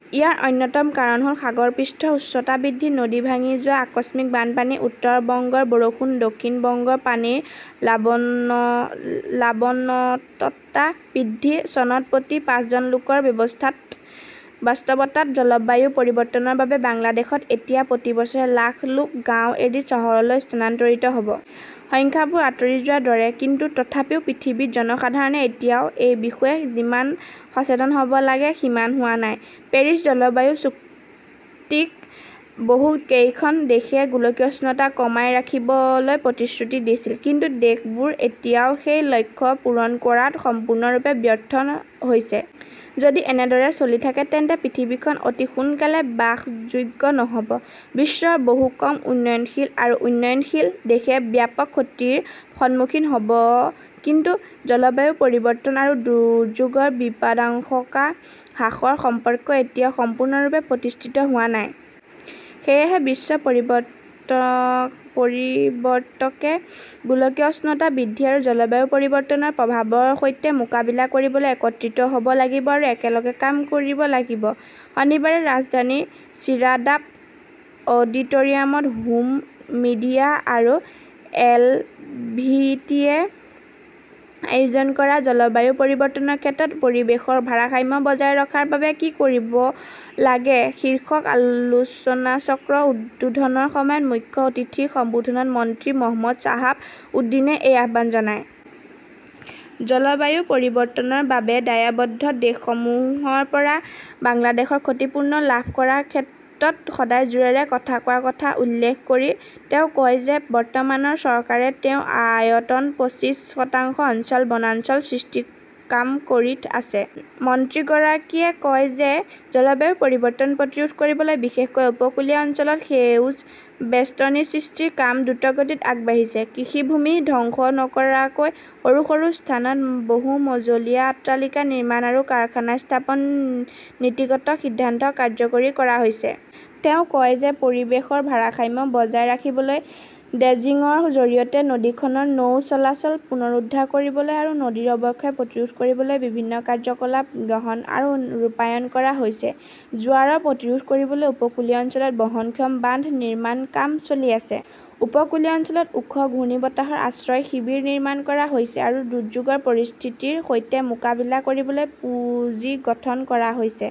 ইয়াৰ অন্যতম কাৰণ হ'ল সাগৰপৃষ্ঠৰ উচ্চতা বৃদ্ধি, নদী ভাঙি যোৱা, আকস্মিক বানপানী, উত্তৰ বংগৰ বৰষুণ, দক্ষিণ বংগৰ পানীৰ লাবন লবণাক্ততা বৃদ্ধি, চনত প্ৰতি পাঁচজন লোকৰ বাস্তৱতাত জলবায়ু পৰিৱৰ্তনৰ বাবে বাংলাদেশত এতিয়া প্ৰতি বছৰে লাখ লোক গাঁৱ এৰি চহৰলৈ স্থানান্তৰিত হ' ব। সংখ্যাবোৰ আতৰি যোৱাৰ দৰে। কিন্তু তথাপিও পৃথিৱীৰ জনসাধাৰণে এতিয়াও এই বিষয়ে যিমান সচেতন হ'ব লাগে সিমান হোৱা নাই। পেৰিছ জলবায়ু চুক্তিত বহু কেইখন দেশে গোলকীয় উষ্ণত কমাই ৰাখিবলৈ প্ৰতিশ্ৰুতি দিছিল। কিন্তু দেশবোৰে এতিয়াও সেই লক্ষ্য পূৰণ কৰাত সম্পূৰ্ণৰূপে ব্যৰ্থ হৈছে। যদি এনেদৰে চলি থাকে তেন্তে পৃথিৱীখন অতি সোনকালে বাসযোগ্য নহ'ব। বিশ্বৰ বহু কম উন্নয়নশীল আৰু উন্নয়নশীল দেশে ব্যাপক ক্ষতিৰ সন্মুখীন হ'ব। কিন্তু জলবায়ু পৰিৱৰ্তন আৰু দুৰ্যোগৰ বিপদাশংকা হ্ৰাসৰ সম্পৰ্ক এতিয়াও সম্পূৰ্ণৰূপে প্ৰতিষ্ঠিত হোৱা নাই। সেয়েহে বিশ্ব পৰিবত্ত পৰিৱৰ্তকে গোলকীয় উষ্ণতা বৃদ্ধি আৰু জলবায়ু পৰিৱৰ্তনৰ প্ৰভাৱৰ সৈতে মোকাবিলা কৰিবলৈ একত্ৰিত হ'ব লাগিব আৰু একেলগে কাম কৰিব লাগিব। শনিবাৰে ৰাজধানীৰ ছিৰডাপ অডিটৰিয়নত হোম মিডিয়া আৰু এলটিভিয়ে আয়োজন কৰা 'জলবায়ু পৰিৱৰ্তনৰ ক্ষেত্ৰত পৰিৱেশৰ ভাৰসাম্য বজাই ৰখাৰ বাবে কি কৰিব লাগে শীৰ্ষক আলোচনাচক্ৰৰ উদ্বোধনৰ সময়ত মুখ্য অতিথিৰ সম্বোধনত মন্ত্ৰী মহম্মদ চাহাব উদ্দিনে এই আহ্বান জনায়। জলবায়ু পৰিৱৰ্তনৰ বাবে দায়বদ্ধ দেশসমূহৰ পৰা বাংলাদেশৰ ক্ষতিপূৰণ লাভ কৰাৰ ক্ষেত্ৰত সদায় জোৰেৰে কথা কোৱাৰ কথা উল্লেখ কৰি তেওঁ কয় যে, বৰ্তমানৰ চৰকাৰে দেশৰ আয়তনৰ পঁচিশ শতাংশ অঞ্চলত বনাঞ্চল সৃষ্টিৰ কাম কৰি আছে। মন্ত্ৰীগৰাকীয়ে কয় যে, জলবায়ু পৰিৱৰ্তন প্ৰতিৰোধ কৰিবলৈ বিশেষকৈ উপকূলীয় অঞ্চলত সেউজ বেষ্টনী সৃষ্টিৰ কাম দ্ৰুতগতিত আগবাঢ়িছে। কৃষিভূমি ধ্বংস নকৰাকৈ সৰু সৰু স্থানত বহু-মজলীয়া অট্টালিকা নিৰ্মাণ আৰু কাৰখানা স্থাপনৰ নীতিগত সিদ্ধান্ত কাৰ্যকৰী কৰা হৈছে। তেওঁ কয় যে পৰিৱেশৰ ভাৰসাম্য বজাই ৰাখিবলৈ ড্ৰেজিংৰ জৰিয়তে নদীখনৰ নৌ চলাচল পুনৰুদ্ধাৰ কৰিবলৈ আৰু নদীৰ অৱক্ষয় প্ৰতিৰোধ কৰিবলৈ বিভিন্ন কাৰ্যকলাপ গ্ৰহণ আৰু ৰূপায়ণ কৰা হৈছে। জোৱাৰ প্ৰতিৰোধ কৰিবলৈ উপকূলীয় অঞ্চলত বহনক্ষম বান্ধ নিৰ্মাণৰ কাম চলি আছে। উপকূলীয় অঞ্চলত ওখ ঘূৰ্ণীবতাহৰ আশ্ৰয় শিবিৰ নিৰ্মাণ কৰা হৈছে আৰু দুৰ্যোগৰ পৰিস্থিতিৰ সৈতে মোকাবিলা কৰিবলৈ পুঁজি গঠন কৰা হৈছে।